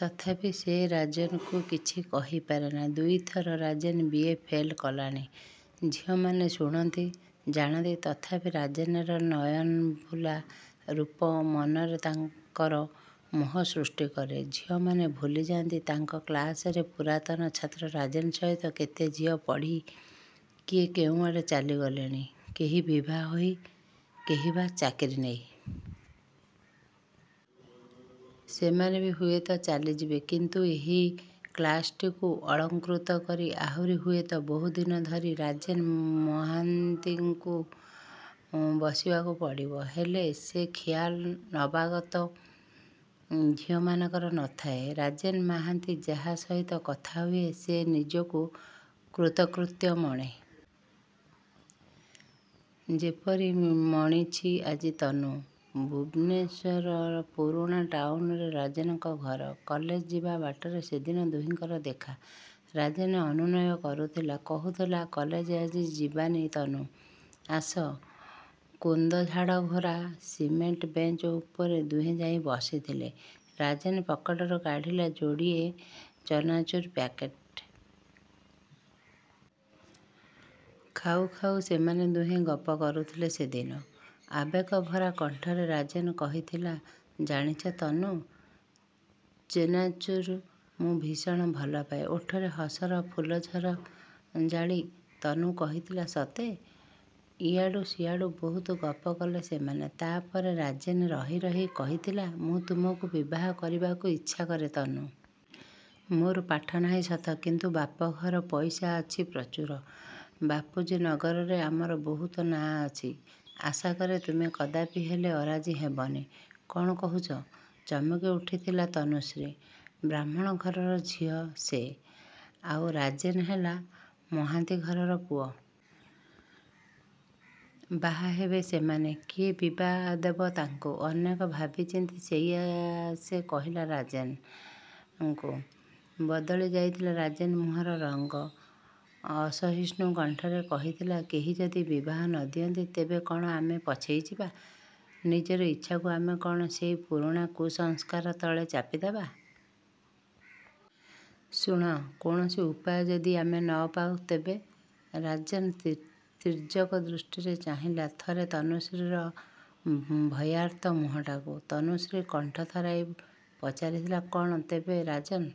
ତଥାପି ସେ ରାଜେନ୍ କୁ କିଛି କହିପାରେନା। ଦୁଇଥର ରାଜେନ୍ ବି. ଏ ଫେଲ୍ କଲାଣି। ଝିଅମାନେ ଶୁଣନ୍ତି, ଜାଣନ୍ତି ତଥାପି ରାଜେନର ନୟନଭୁଲା ରୂପ ମନରେ ତାଙ୍କର ମୋହ ସୃଷ୍ଟି କରେ। ଝିଅମାନେ ଭୁଲିଯାଆନ୍ତି ତାଙ୍କ କ୍ଲାସର ପୁରାତନ ଛାତ୍ର ରାଜେନ୍ ସହିତ କେତେ ଝିଅ ପଢ଼ି କିଏ କେଉଁଆଡ଼େ ଚାଲି ଗଲେଣି, କେହି ବିଭା ହୋଇ, କେହିବା ଚାକିରି ନେଇ। ସେମାନେ ବି ହୁଏତ ଚାଲିଯିବେ, କିନ୍ତୁ ଏହି କ୍ଲାସଟିକୁ ଅଳଙ୍କୃତ କରି ଆହୁରି ହୁଏତ ବହୁଦିନ ଧରି ରାଜେନ୍ ମହାନ୍ତିକୁ ବସିବାକୁ ପଡ଼ିବ। ହେଲେ ସେ ଖିଆଲ ନବାଗତ। ଝିଅମାନଙ୍କର ନ ଥାଏ। ରାଜେନ୍ ମାହାନ୍ତି ଯାହା ସହିତ କଥା ହୁଏ। ସେ ନିଜକୁ କୃତ୍ୟକୃତ୍ୟ ମଣେ। ଯେପରି ମଣିଛି ଆଜି ତନୁ। ଭୁବନେଶ୍ୱରର ପୁରୁଣା ଟାଉନରେ ରାଜେନ୍ ଙ୍କ ଘର। କଲେଜ ଯିବା ବାଟରେ ସେଦିନ ଦୁହିଁଙ୍କର ଦେଖା। ରାଜେନ୍ ଅନୁନୟ କରୁଥିଲା, କହୁଥିଲା କଲେଜ ଆଜି ଯିବାନି ତନୁ। ଆସ, କୁନ୍ଦଝାଡ଼ଘରା ସିମେଣ୍ଟ ବେଞ୍ଚ ଉପରେ ଦୁହେଁଯାଇ ବସିଥିଲେ। ରାଜେନ୍ ପକେଟରୁ କାଢ଼ିଲା ଯୋଡ଼ିଏ ଚନାଚୂର ପ୍ୟାକେଟ୍। ଖାଉ ଖାଉ ସେମାନେ ଦୁହେଁ ଗପ କରୁଥିଲେ ସେଦିନ। ଆବେଗଭରା କଣ୍ଠରେ ରାଜେନ୍ କହିଥିଲା ଜାଣିଛ ତନୁ, ଚେନାଚୁର୍ ମୁଁ ଭୀଷଣ ଭଲପାଏ। ଓଠରେ ହସର ଫୁଲଝର ଜାଳି ତନୁ କହିଥିଲା ସତେ! ଏଆଡ଼ୁ ସେଆଡ଼ୁ ବହୁତ ଗପ କଲେ ସେମାନେ। ତା'ପରେ ରାଜେନ୍ ରହି ରହି କହିଥିଲା ମୁଁ ତୁମକୁ ବିବାହ କରିବାକୁ ଇଚ୍ଛାକରେ ତନୁ। ମୋର ପାଠନାହିଁ ସତ, କିନ୍ତୁ ବାପାଙ୍କର ପଇସା ଅଛି ପ୍ରଚୁର। ବାପୁଜୀ ନଗରରେ ଆମର ବହୁତ ନାଁ ଅଛି। ଆଶାକରେ ତୁମେ କଦାପି ହେଲେ ଅରାଜି ହେବନି। କ'ଣ କହୁଛ? ଚମକିଉଠିଥିଲା ତନୁଶ୍ରୀ। ବ୍ରାହ୍ମଣ ଘରର ଝିଅ ସେ! ଆଉ ରାଜେନ୍ ହେଲା ମହାନ୍ତି ଘରର ପୁଅ। ବାହାହେବେ ସେମାନେ! କିଏ ବିଭା ଦେବ ତାଙ୍କୁ? ଅନେକ ଭାବିଚିନ୍ତି ସେଇଆ ସେ କହିଲା ରାଜେନ୍ କୁ। ବଦଳି ଯାଇଥିଲା ରାଜେନ୍ ମୁହଁର ରଙ୍ଗ ଅସହିଷ୍ଣୁ କଣ୍ଠରେ କହିଥିଲା କେହି ଯଦି ବିବାହ ନ ଦିଅନ୍ତି, ତେବେ କ'ଣ ଆମେ ପଛେଇଯିବା? ନିଜର ଇଚ୍ଛାକୁ ଆମେ କ'ଣ ସେଇ ପୁରୁଣା କୁସଂସ୍କାର ତଳେ ଚାପିଦେବା? ଶୁଣ, କୌଣସି ଉପାୟ ଯଦି ଆମେ ନପାଉ ତେବେ। ରାଜେନ୍ ତୀର୍ଯ୍ୟକ ଦୃଷ୍ଟିରେ ଚାହିଁଲା ଥରେ ତନୁଶ୍ରୀର ଭୟାର୍ତ୍ତ ମୁହଁଟାକୁ। ତନୁଶ୍ରୀ କଣ୍ଠ ଥରାଇ ପଚାରିଥିଲା କ'ଣ ତେବେ ରାଜେନ୍?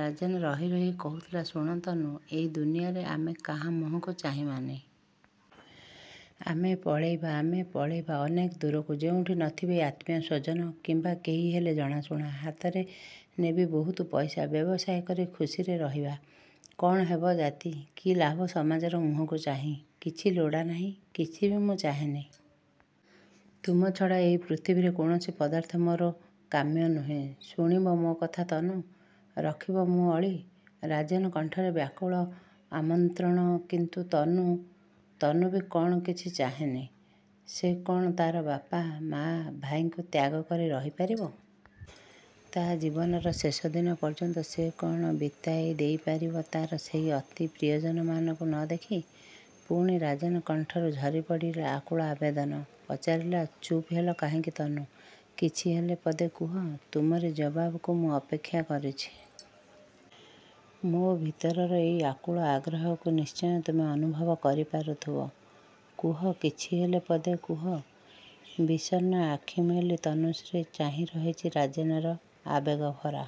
ରାଜେନ୍ ରହି ରହି କହୁଥିଲା ଶୁଣ ତନୁ, ଏଇ ଦୁନିଆରେ ଆମେ କାହା ମୁହଁକୁ ଚାହିଁବାନି। ଆମେ ପଳେଇବା। ଆମେ ପଳେଇବା ଅନେକ ଦୂରକୁ। ଯେଉଁଠି ନଥିବେ ଆତ୍ମୀୟସ୍ୱଜନ କିମ୍ୱା କେହିହେଲେ ଜଣାଶୁଣା। ହାତରେ ନେବି ବହୁତ ପଇସା। ବ୍ୟବସାୟ କରି ଖୁସିରେ ରହିବା। କ'ଣ ହେବ ଜାତି, କି ଲାଭ ସମାଜର ମୁହଁକୁ ଚାହିଁ। କିଛି ଲୋଡ଼ାନାହିଁ। କିଛି ବି ମୁଁ ଚାହେଁନି। ତୁମ ଛଡ଼ା ଏଇ ପୃଥିବୀର କୌଣସି ପଦାର୍ଥ ମୋର କାମ୍ୟ ନୁହେଁ। ଶୁଣିବ ମୋ କଥା ତନୁ? ରଖିବ ମୋ ଅଳି? ରାଜେନ୍ କଣ୍ଠରେ ବ୍ୟାକୁଳ ଆମନ୍ତ୍ରଣ। କିନ୍ତୁ ତନୁ? ତନୁ ବି କ'ଣ କିଛି ଚାହେଁନି? ସେ କ'ଣ ତା'ର ବାପା, ମାଆ. ଭାଇଙ୍କୁ ତ୍ୟାଗକରି ରହିପାରିବ? ତା' ଜୀବନର ଶେଷଦିନ ପର୍ଯ୍ୟନ୍ତ ସେ କ'ଣ ବିତାଇ ଦେଇପାରିବ ତା'ର ସେଇ ଅତି ପ୍ରିୟଜନମାନଙ୍କୁ ନ ଦେଖି? ପୁଣି ରାଜେନ୍ କଣ୍ଠରୁ ଝରିପଡ଼ିଲା ଆକୁଳ ଆବେଦନ। ପଚାରିଲା ଚୁପ୍ ହେଲ କାହିଁକି ତନୁ? କିଛିହେଲେ ପଦେ କୁହ। ତୁମରି ଜବାବ୍ କୁ ମୁଁ ଅପେକ୍ଷା କରିଛି। ମୋ ଭିତରର ଏଇ ଆକୁଳ ଆଗ୍ରହକୁ ନିଶ୍ଚୟ ତୁମେ ଅନୁଭବ କରିପାରୁଥିବ। କୁହ କିଛି ହେଲେ ପଦେ କୁହ! ବିଷନ୍ନ ଆଖି ମେଲି ତନୁଶ୍ରୀ ଚାହିଁ ରହିଛି ରାଜେନ୍ ର ଆବେଗଭରା